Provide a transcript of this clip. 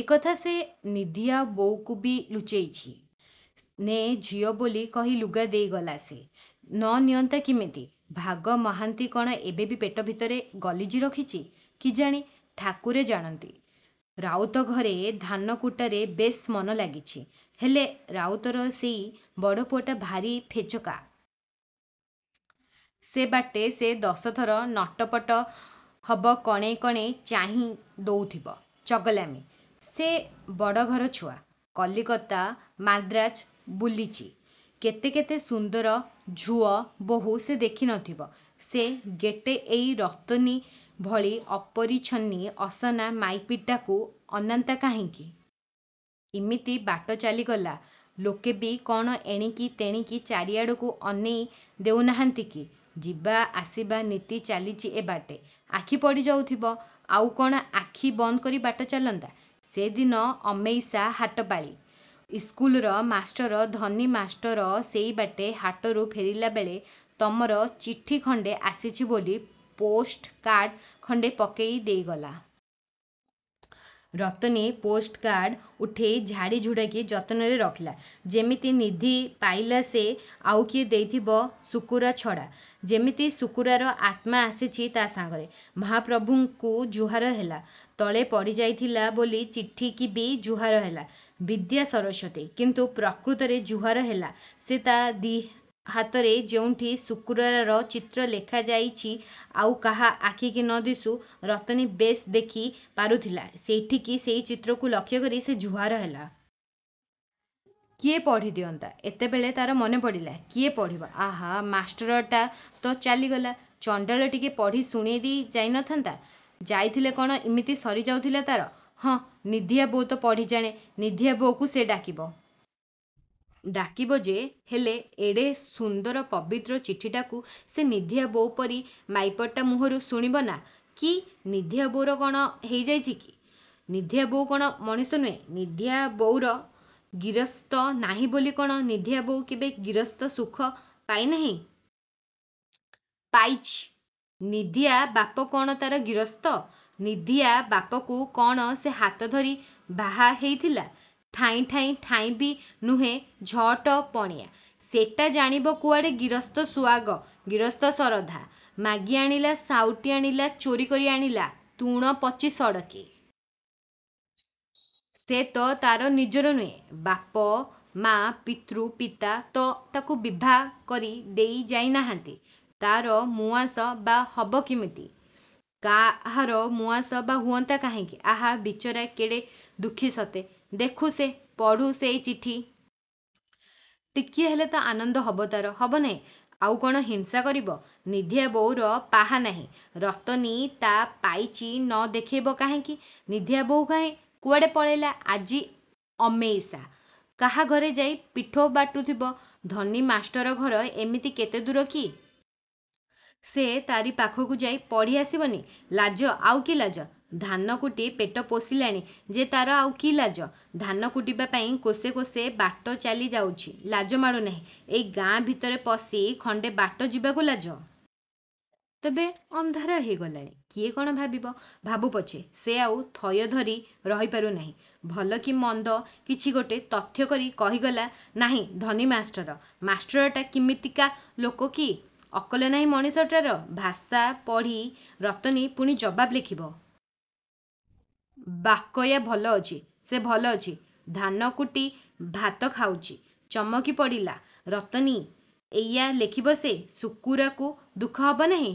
ଏକଥା ସେ ନିଧିଆବୋଉକୁବି ଲୁଚେଇଚି। 'ନେ ଝିଅ' ବୋଲି କହି ଲୁଗା ଦେଇଗଲା ସେ। ନ ନିଅନ୍ତା କିମିତି । ଭାଗୁ ମହାନ୍ତି କ'ଣ ଏବେବି ପେଟ ଭିତରେ ଗଲିଜି ରଖିଚି? କେଜାଣି। ଠାକୁରେ ଜାଣନ୍ତି। ରାଉତଘରେ ଧାନକୁଟାରେ ବେଶ୍ ମନଲାଗିଛି। ହେଲେ, ରାଉତର ସେଇ ବଡ଼ପୁଅଟା ଭାରି ଫେଚକା। ସେ ବାଟେ ସେ ଦଶଥର ନଟପଟ ହବ କଣେଇ କଣେଇ ଚାହିଁ ଦଉଥିବ। ଚଗଲାମି। ସେ ବଡ଼ଘର ଛୁଆ। କଲିକତା ମାଦ୍ରାଜ ବୁଲିଚି। କେତେ କେତେ ସୁନ୍ଦର ଝୁଅ ବହୂ ସେ ଦେଖି ନଥିବ। ସେ ଗେଟେ ଏଇ ରତନୀ ଭଳି ଅପରିଚ୍ଛନ୍ନି ଅସନା ମାଇପିଟାକୁ ଅନାନ୍ତା କାହିଁକି। ଇମିତି ବାଟ ଚାଲିଗଲା ଲୋକେବି କ'ଣ ଏଣିକି ତେଣିକି ଚାରିଆଡ଼କୁ ଅନେଇ ଦେଉନାହାନ୍ତି କି। ଯିବା ଆସିବା ନିତି ଚାଲିଚି ଏ ବାଟେ। ଆଖି ପଡ଼ିଯାଉଥିବ। ଆଉ କ'ଣ ଆଖି ବନ୍ଦ କରି ବାଟ ଚାଲନ୍ତା। ସେଦିନ ଅମେଇସା ହାଟପାଳି। ଇସ୍କୁଲର ମାଷ୍ଟର ଧନୀ ମାଷ୍ଟର ସେଇବାଟେ ହାଟରୁ ଫେରିଲାବେଳେ ତମର ଚିଠିଖଣ୍ତେ ଆସିଚି ବୋଲି ପୋଷ୍ଟକାର୍ଡ଼ ଖଣ୍ତେ ପକେଇ ଦେଇଗଲା। ରତନୀ ପୋଷ୍ଟକାର୍ଡ଼ ଉଠେଇ ଝାଡ଼ିଝୁଡ଼ାକି ଯତନରେ ରଖିଲା। ଯେମିତି ନିଧି ପାଇଲା ସେ! ଆଉ କିଏ ଦେଇଥିବ ଶୁକୁରା ଛଡ଼ା। ଯେମିତି ଶୁକୁରାର ଆତ୍ମା ଆସିଚି ତା' ସାଙ୍ଗରେ। ମହାପ୍ରଭୁଙ୍କୁ ଜୁହାର ହେଲା। ତଳେ ପଡ଼ିଯାଇଥିଲା ବୋଲି ଚିଠିକିବି ଜୁହାର ହେଲା। ବିଦ୍ୟା, ସରସ୍ୱତୀ! କିନ୍ତୁ ପ୍ରକୃତରେ ଜୁହାର ହେଲା ସେ ତା' ଦିହାତରେ ଯେଉଁଠି ଶୁକୁରାର ଚିତ୍ର ଲେଖାଯାଇଚି ଆଉ କାହା ଆଖିକି ନ ଦିଶୁ, ରତନୀ ବେଶ୍ ଦେଖି ପାରୁଥିଲା ସେଇଠିକି ସେଇଚିତ୍ରକୁ ଲକ୍ଷ୍ୟକରି ସେ ଜୁହାର ହେଲା। କିଏ ପଢ଼ି ଦିଅନ୍ତା। ଏତେବେଳେ ତା'ର ମନେପଡ଼ିଲା। କିଏ ପଢ଼ିବ? ଆଃ, ମାଷ୍ଟରଟା ତ ଚାଲିଗଲା। ଚଣ୍ତାଳ ଟିକିଏ ପଢ଼ି ଶୁଣେଇ ଦେଇ ଯାଇ ନଥାନ୍ତା। ଯାଇଥିଲେ କ'ଣ ଇମିତି ସରି ଯାଉଥିଲା ତା'ର? ହଁ, ନିଧିଆ ବୋଉ ତ ପଢ଼ି ଜାଣେ। ନିଧିଆ ବୋଉକୁ ସେ ଡାକିବ-। ଡାକିବ ଯେ, ହେଲେ ଏଡ଼େ ସୁନ୍ଦର ପବିତ୍ର ଚିଠିଟାକୁ ସେ ନିଧିଆ ବୋଉ ପରି ମାଇପଟା ମୁହଁରୁ ଶୁଣିବନା? କି, ନିଧିଆ ବୋଉର କ'ଣ ହେଇ ଯାଇଚି କି? ନିଧିଆବୋଉ କ'ଣ ମଣିଷ ନୁହେଁ? ନିଧିଆବୋଉର। ଗିରସ୍ତ ନାହିଁ ବୋଲି କ'ଣ ନିଧିଆବୋଉ କେବେ ଗିରସ୍ତ ସୁଖ ପାଇ ନାହିଁ? ପାଇଚି? ନିଧିଆ ବାପ କ'ଣ ତା'ର ଗିରସ୍ତ। ନିଧିଆ ବାପକୁ କ'ଣ ସେ ହାତ ଧରି ବାହା ହେଇଥିଲା? ଠାଇଁ ଠାଇଁ ଠାଇଁବି ନୁହେଁ ଝଅଟ ପଣିଆ। ସେଟା ଜାଣିବ କୁଆଡ଼େ ଗିରସ୍ତ ସୁଆଗ ଗିରସ୍ତ ଶରଧା? ମାଗି ଆଣିଲା, ସାଉଁଟି ଆଣିଲା, ଚୋରିକରି ଆଣିଲା ତୁଣ ପଚି ସଡ଼କେ। ସେ ତ ତା'ର ନିଜର ନୁହେଁ। ବାପା ମା ପିତୃ ପିତା ତ ତାକୁ ବିଭାକରି ଦେଇ ଯାଇ ନାହାନ୍ତି। ତା'ର ମୁଆଁସ ବା ହବ କିମିତି? କାହାର ମୁଆଁସ ବା ହୁଅନ୍ତା କାହିଁକି! ଆହା, ବିଚରା କେଡ଼େ ଦୁଃଖୀ ସତେ! ଦେଖୁ ସେ, ପଢ଼ୁ ସେ ଏ ଚିଠି। ଟିକିଏ ହେଲେ ତ ଆନନ୍ଦ ହବ ତା'ର? ହବ ନାହିଁ? ଆଉ କ'ଣ ହିଂସା କରିବ? ନିଧିଆବୋଉର ପାହା ନାହିଁ, ରତନୀ ତା ପାଇଚି ନ ଦେଖେଇବ କାହିଁକି? ନିଧିଆ ବୋଉ କାହିଁ? କୁଆଡ଼େ ପଳେଇଲା? ଆଜି ଅମେଇସା। କାହାଘରେ ଯାଇ ପିଠଉ ବାଟୁଥିବ। ଧନୀ ମାଷ୍ଟର ଘର ଏମିତି କେତେ ଦୂର କି? ସେ ତା'ରି ପାଖକୁ ଯାଇ ପଢ଼ି ଆସିବନି-? ଲାଜ? ଆଉ କି ଲାଜ? ଧାନକୁଟି ପେଟ ପୋଷିଲାଣି ଯେ ତା'ର ଆଉ କି ଲାଜ-? ଧାନକୁଟିବା ପାଇଁ କୋଶେ କୋଶେ ବାଟଚାଲି ଯାଉଚି, ଲାଜମାଡ଼ୁନାହିଁ, ଏଇ ଗାଁ ଭିତରେ ପଶି ଖଣ୍ତେ ବାଟ ଯିବାକୁ ଲାଜ? ତେବେ, ଅନ୍ଧାର ହେଇ ଗଲାଣି। କିଏ କ'ଣ ଭାବିବ। ଭାବୁପଛେ, ସେ ଆଉ ଥୟ ଧରି ରହିପାରୁ ନାହିଁ। ଭଲ କି ମନ୍ଦ କିଛି ଗୋଟେ ତଥ୍ୟକରି କହିଗଲା ନାହିଁ ଧନୀ ମାଷ୍ଟର। ମାଷ୍ଟରଟା କିମିତିକା ଲୋକ କି? ଅକଲ ନାହିଁ ମଣିଷଟାର। ଭାଷା ପଢ଼ି ରତନୀ ପୁଣି ଜବାବ ଲେଖିବ। ବାକୟା ଭଲ ଅଛି। ସେ ଭଲ ଅଛି। ଧାନକୁଟି ଭାତଖାଉଚି। ଚମକି ପଡ଼ିଲା ରତନୀ। ଏଇୟା ଲେଖିବ ସେ! ଶୁକୁରାକୁ ଦୁଃଖ ହବ ନାହିଁ?